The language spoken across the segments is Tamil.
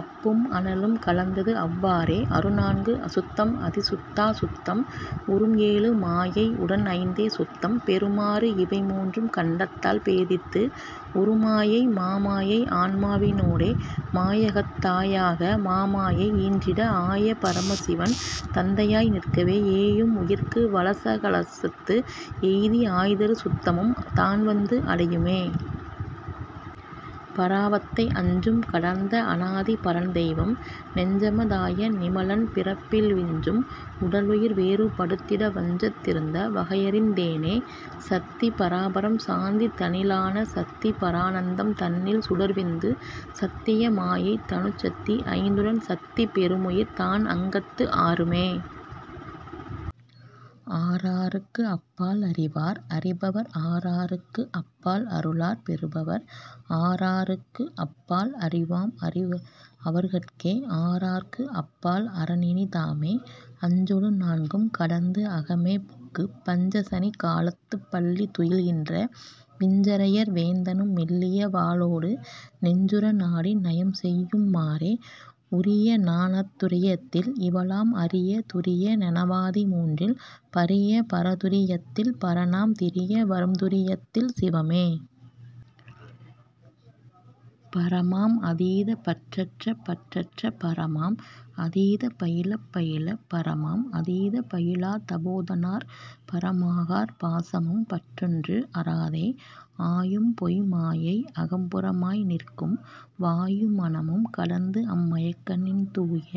அப்பும் அனலும் கலந்ததுஅவ் வாறே. அறுநான்கு அசுத்தம் அதிசுத்தா சுத்தம் உறும்ஏழு மாயை உடன்ஐந்தே சுத்தம் பெறுமாறு இவைமூன்றும் கண்டத்தால் பேதித்து உறும்மாயை மாமாயை ஆன்மாவி னோடே. மாயைகைத் தாயாக மாமாயை ஈன்றிட ஆய பரசிவன் தந்தையாய் நிற்கவே ஏயும் உயிர்க்கே வலசகலத்து எய்தி ஆய்தரு சுத்தமும் தான்வந்து அடையுமே.. பராவத்தை அஞ்சும் கடந்த அனாதி பரன்தெய்வம் நெஞ்சம தாய நிமலன் பிறப்பிலி விஞ்சும் உடலுயிர் வேறு படுத்திட வஞ்சத் திருந்த வகையறிந் தேனே. சத்தி பராபரம் சாந்தி தனிலான சத்தி பரானந்தம் தன்னில் சுடர்விந்து சத்திய மாயை தனுச்சத்தி ஐந்துடன் சத்தி பெறுமுயிர் தான்அங்கத்து ஆறுமே. ஆறாறுக்கு அப்பால் அறிவார் அறிபவர் ஆறாறுக்கு அப்பால் அருளார் பெறுபவர் ஆறாறுக்கு அப்பால் அறிவாம் அவர்கட்கே ஆறாறுக்கு அப்பால் அரன்இனி தாமே. அஞ்சொடு நான்கும் கடந்துஅக மேபுக்குப் பஞ்சணி காலத்துப் பள்ளி துயில்கின்ற விஞ்சையர் வேந்தனும் மெல்லிய லாளொடு நஞ்சுற நாடி நயம்செய்யு மாறே. உரிய நனாத்துரி யத்தில் இவளாம் அரிய துரிய நனவாதி மூன்றில் பரிய பரதுரி யத்தில் பரனாம் திரிய வரும்துரி யத்தில் சிவமே. பரமாம் அதீதமே பற்றறப் பற்றப் பரமாம் அதீதம் பயிலப் பயிலப் பரமாம் அதீதம் பயிலாத் தபோதனார் பரமாகார் பாசமும் பற்றொன்றுஅ றாதே. ஆயும்பொய்ம் மாயை அகம்புற மாய்நிற்கும் வாயு மனமும் கடந்துஅம் மயக்கறின் தூய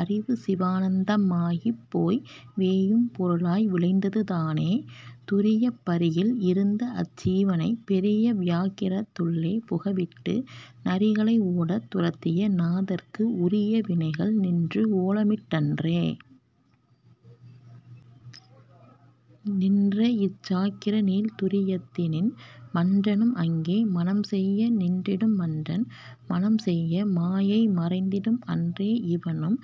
அறிவு சிவானந்த மாகிப்போய் வேயும் பொருளாய் விளைந்தது தானே. துரியப் பரியில் இருந்தஅச் சீவனைப் பெரிய வியாக்கிரத் துள்ளே புகவிட்டு நரிகளை ஓடத் துரத்திய நாதர்க்கு உரிய வினைகள் நின்று ஓலமிட் டன்றே. நின்றஇச் சாக்கிர நீள்துரி யத்தினின் மன்றனும் அங்கே மணம்செய்ய நின்றிடும் மன்றன் மணம்செய்ய மாயை மறைந்திடும் அன்றே இவனும்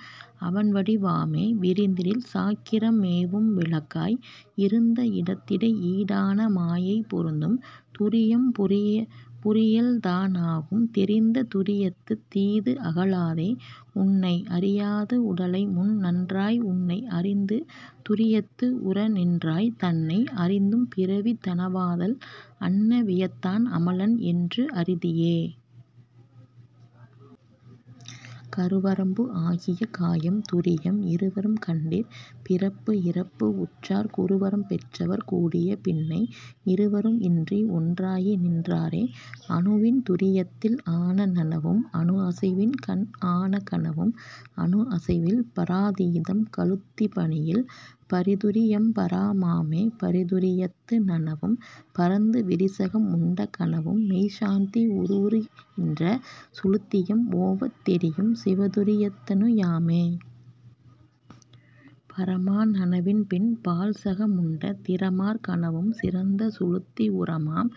அவன்வடி வாமே. விரிந்திடில் சாக்கிரம் மேவும் விளக்காய் இருந்த இடத்திடை ஈடான மாயை பொருந்தும் துரியம் புரியல்தா னாகும் தெரிந்த துரியத்துத் தீதுஅக லாதே. உன்னை அறியாது உடலைமுன் நான்ஒன்றாய் உன்னை அறிந்து துரியத்து உறநின்றாய் தன்னை அறிந்தும் பிறவி தணவாதால் அன்ன வியாத்தன் அமலன் என்று அறிதியே. கருவரம்பு ஆகிய காயம் துரியம் இருவரும் கண்டீர் பிறப்புஇறப்பு உற்றார் குருவரம் பெற்றவர் கூடிய பின்னை இருவரும் இன்றிஒன் றாகி நின் றாரே. அணுவின் துரியத்தில் ஆன நனவும் அணுஅசை வின்கண் ஆனகனவும் அணுஅசை வில்பரா தீதம் கழுத்தி பணியில் பரதுரி யம்பர மாமே. பரதுரி யத்து நனவும் பரந்து விரிசகம் உண்ட கனவும்மெய்ச் சாந்தி உருவுறு கின்ற சுழுத்தியும் ஓவத் தெரியும் சிவதுரி யத்தனு மாமே. பரமா நனவின்பின் பால்சக முண்ட திரமார் கனவும் சிறந்த சுழுத்தி உரமாம்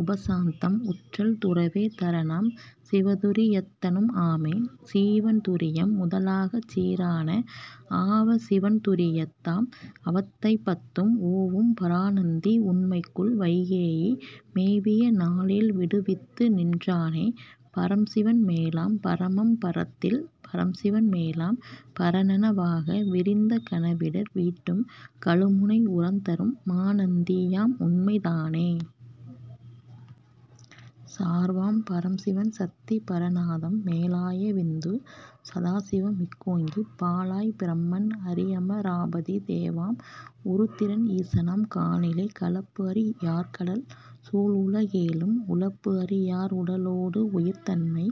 உபசாந்தம் உற்றல் துறவே தரனாம் சிவதுரி யத்தனும் ஆமே. சீவன் துரியம் முதலாகச் சீரான ஆவ சிவன்துரி யாந்தம் அவத்தைபத்தும் ஓவும் பராநந்தி உண்மைக்குள் வைகியே மேவிய நாலேழ் விடுவித்துநின் றானே. பரம்சிவன் மேலாம் பரமம் பரத்தில் பரம்சிவன் மேலாம் பரநனவாக விரிந்த கனாவிடர் வீட்டும் கழுமுனை உரந்தரும் மாநந்தி யாம்உண்மை தானே. சார்வாம் பரம்சிவன் சத்தி பரநாதம் மேலாய விந்து சதாசிவம் மிக்கோங்கிப் பாலாய்ப் பிரமன் அரிஅம ராபதி தேவாம் உருத்திரன் ஈசனாம் காணிலே. கலப்புஅறி யார்கடல் சூழ்உல கேழும் உலப்புஅறி யார்உட லோடுஉயிர் தன்மை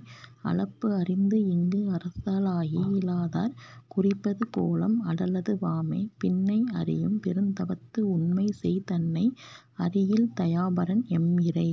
அலப்புஅறிந்து இங்குஅர சாளகி லாதார் குறிப்பது கோலம் அடலது வாமே. பின்னை அறியும் பெருந்தவத்து உண்மைசெய் தன்னை அறியில் தயாபரன் எம்இறை